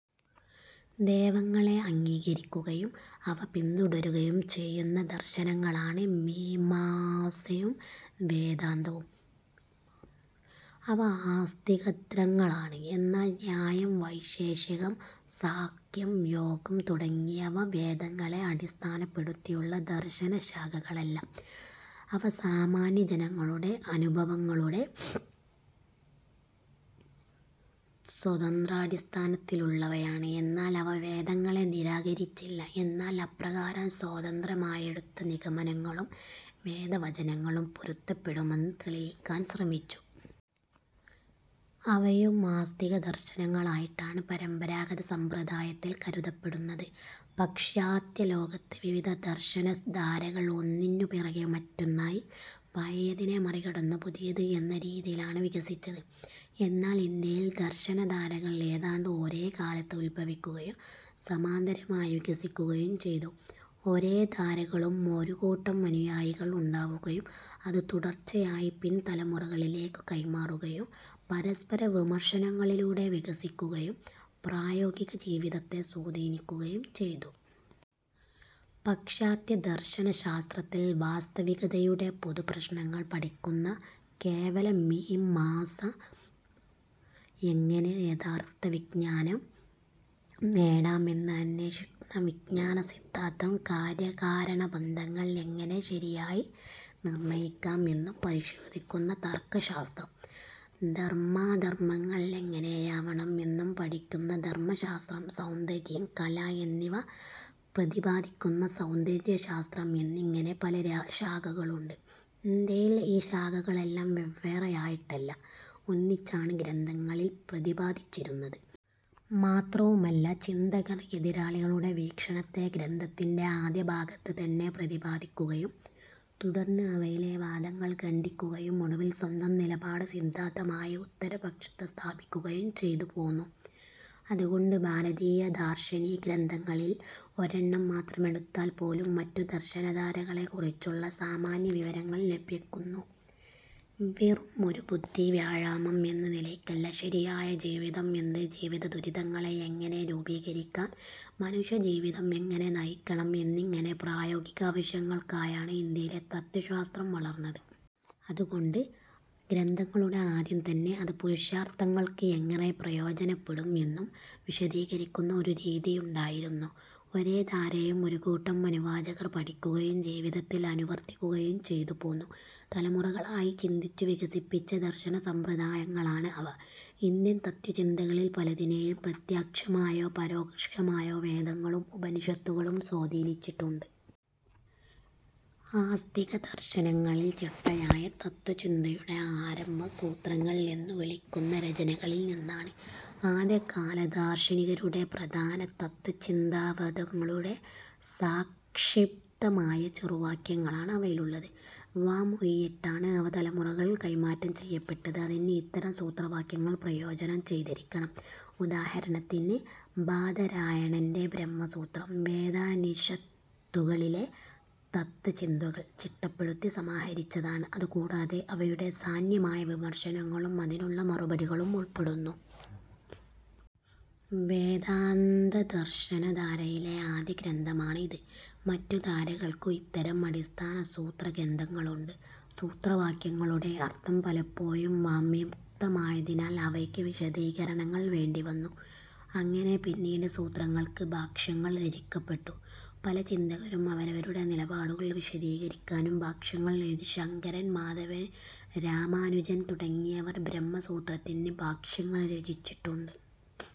വേദങ്ങളെ അംഗീകരിക്കുകയും അവ പിന്തുടരുകയും ചെയ്യുന്ന ദർശനങ്ങളാണ്, മീമാംസയും വേദാന്തവും. അവ ആസ്തികദര്ങ്ങളാണ്. എന്നാൽ ന്യായം, വൈശേഷികം, സാംഖ്യം, യോഗം തുടങ്ങിയവ വേദങ്ങളെ അടിസ്ഥാനപ്പെടുത്തിയുള്ള ദർശനശാഖകളല്ല. അവ സാമാന്യജനങ്ങളുടെ അനുഭവങ്ങളുടെ സ്വതന്ത്രാടിസ്ഥാനത്തിലുള്ളവയാണ്. എന്നാൽ അവ വേദങ്ങളെ നിരാകരിച്ചില്ല, എന്നാൽ അപ്രകാരം സ്വതന്ത്രമായെടുത്ത നിഗമനങ്ങളും, വേദവചനങ്ങളും പൊരുത്തപ്പെടുമെന്ന് തെളിയിക്കാൻ ശ്രമിച്ചു. അവയും ആസ്തികദർശനങ്ങളായിട്ടാണ് പരമ്പരാഗത സമ്പ്രദായത്തിൽ, കരുതപ്പെടുന്നത്. പാശ്ചാത്യലോകത്ത്, വിവിധ ദർശനധാരകൾ, ഒന്നിനു പിറകേ മറ്റോന്നായി, പഴയതിനെ മറികടന്നു പുതിയത് എന്ന രീതിയിലാണു വികസിച്ചത്. എന്നാൽ ഇന്ത്യയിൽ, ദർശനധാരകൾ ഏതാണ്ട് ഒരേ കാലത്ത് ഉത്ഭവിക്കുകയും സമാന്തരമായി വികസിക്കുകയും ചെയ്തു. ഒരോ ധാരകളും ഒരു കൂട്ടം അനുയായികൾ ഉണ്ടാവുകയും അത് തുടർച്ചയായി പിൻതലമുറകളിലേക്കു കൈമാറുകയും പരസ്പരവിമർശനങ്ങളിലൂടെ വികസിക്കുകയും പ്രായോഗികജീവിതത്തെ സ്വാധീനിക്കുകയും ചെയ്തു. പാശ്ചാത്യദർശനശാസ്ത്രത്തിൽ, വാസ്തവികതയുടെ പൊതുപ്രശ്നങ്ങൾ പഠിക്കുന്ന കേവലമീമാംസ, എങ്ങനെ യ്ഥർത്ഥവിജ്ഞാനം നേടാം എന്ന് അന്വേഷിക്കുന്ന വിഞ്ജാനസിദ്ധാന്തം, കാര്യകാരണബന്ധങ്ങൾ എങ്ങനെ ശരിയായി നിർണയിക്കാം എന്നു പരിശോധിക്കുന്ന തർക്കശാസ്ത്രം, ധർമ്മാധർമ്മങ്ങൾ എങ്ങനെയാവണം എന്നു പഠിക്കുന്ന ധർമ്മശാസ്ത്രം, സൌന്ദര്യം, കല എന്നിവ പ്രതിപാദിക്കുന്ന സൌന്ദര്യശാസ്ത്രം എന്നിങ്ങനെ പല ശാഖകളുണ്ട്. ഇന്ത്യയിൽ ഈ ശാഖകളെല്ലാം വെവ്വേറെയായിട്ടല്ല, ഒന്നിച്ചാണ് ഗ്രന്ഥങ്ങളിൽ പ്രതിപാദിച്ചിരുന്നത്. മാത്രവുമല്ല, ചിന്തകർ എതിരാളികളുടെ വീക്ഷണത്തെ ഗ്രന്ഥത്തിൻറെ ആദ്യഭാഗത്ത് തന്നെ പ്രതിപാദിക്കുകയും, തുടർന്ന് അവയിലെ വാദങ്ങൾ ഖണ്ഡിക്കുകയും ഒടുവിൽ സ്വന്തം നിലപാട് സിദ്ധാന്തമായി ഉത്തരപക്ഷത്ത് സ്ഥാപിക്കുകയും ചെയ്തു പോന്നു. അതുകൊണ്ട്, ഭാരതീയദാർശനികഗ്രന്ഥങ്ങളിൽ ഒരെണ്ണം മാത്രമെടുത്താൽ പോലും മറ്റു ദർശനധാരകളെക്കുറിച്ചുള്ള സാമാന്യവിവരങ്ങൾ ലഭിക്കുന്നു. വെറുമൊരു ബുദ്ധിവ്യായാമം എന്ന നിലയ്ക്കല്ല, ശരിയായ ജീവിതം എന്ത്, ജീവിതദുരിതങ്ങളെ എങ്ങനെ ദൂരീകരിക്കാം, മനുഷ്യജീവിതം എങ്ങനെ നയിക്കണം എന്നിങ്ങനെ, പ്രായോഗികാവശ്യങ്ങൾക്കായാണ് ഇന്ത്യയിലെ തത്ത്വശാസ്ത്രം വളർന്നത്. അതുകൊണ്ട്, ഗ്രന്ഥങ്ങളുടെ ആദ്യം തന്നെ അത് പുരുഷാർത്ഥങ്ങൾക്ക് എങ്ങനെ പ്രയോജനപെടും എന്നു വിശദീകരിക്കുന്ന ഒരു രീതിയുണ്ടായിരുന്നു. ഒരോ ധാരയും ഒരു കൂട്ടം അനുവാചകർ പഠിക്കുകയും ജീവിതത്തിൽ അനുവർത്തിക്കുകയും ചെയ്തു പോന്നു. തലമുറകളായി ചിന്തിച്ചു വികസിപ്പിച്ച ദർശനസമ്പ്രദായങ്ങളാണ് അവ. ഇന്ത്യൻ തത്ത്വചിന്തകളിൽ പലതിനെയും പ്രത്യക്ഷമായോ പരോക്ഷമായോ, വേദങ്ങളും ഉപനിഷത്തുകളും സ്വാധീനിച്ചിട്ടുണ്ട്. ആസ്തികദർശനങ്ങളിൽ, ചിട്ടയായ തത്ത്വചിന്തയുടെ ആരഭം, "സൂത്രങ്ങൾ" എന്നു വിളിക്കുന്ന രചനകളിൽ നിന്നാണ്. ആദ്യകാലദാർശനികരുടെ പ്രധാന തത്ത്വചിന്താവാദങ്ങളുടെ സാംക്ഷിപ്തമായ ചെറുവാക്യങ്ങളാണ് അവയിലുള്ളത്. വാമൊഴിയായിട്ടാണ് അവ തലമുറകൾ കൈമാറ്റം ചെയ്യപ്പെട്ടത്. അതിന് ഇത്തരം സൂത്രവാക്യങ്ങൾ പ്രയോജനം ചെയ്തിരിക്കണം. ഉദാഹരണത്തിന് ബാദരായണൻറെ ബ്രഹ്മസൂത്രം, വേദോപനിഷത്തുകളിലെ തത്ത്വചിന്തകൾ ചിട്ടപ്പെടുത്തി സമാഹരിച്ചതാണ്. അതുകൂടാതെ, അവയുടെ സാധ്യമായ വിമർശനങ്ങളും, അതിനുള്ള മറുപടികളും ഉൾപ്പെടുന്നു. വേദാന്തദർശനധാരയിലെ ആദ്യഗ്രന്ഥമാണ് ഇത്. മറ്റു ധാരകൾക്കും ഇത്തരം അടിസ്ഥാന സൂത്രഗ്രന്ഥങ്ങളുണ്ട്. സൂത്രവാക്യങ്ങളുടെ അർത്ഥം പലപ്പോഴും അവ്യക്തമായതിനാൽ, അവയ്ക്ക് വിശദീകരണങ്ങൾ വേണ്ടിവന്നു. അങ്ങനെ പിന്നീട്, സൂത്രങ്ങൾക്ക് ഭാഷ്യങ്ങൾ രചിക്കപ്പെട്ടു. പല ചിന്തകരും അവരവരുടെ നിലപാടുകൾ വിശദീകരിക്കാനും ഭാഷ്യങ്ങൾ എഴുതി. ശങ്കരൻ, മാധവൻ, രാമാനുജൻ തുടങ്ങിയവർ ബ്രഹ്മസൂത്രത്തിന് ഭാഷ്യങ്ങൾ രചിച്ചിട്ടുണ്ട്.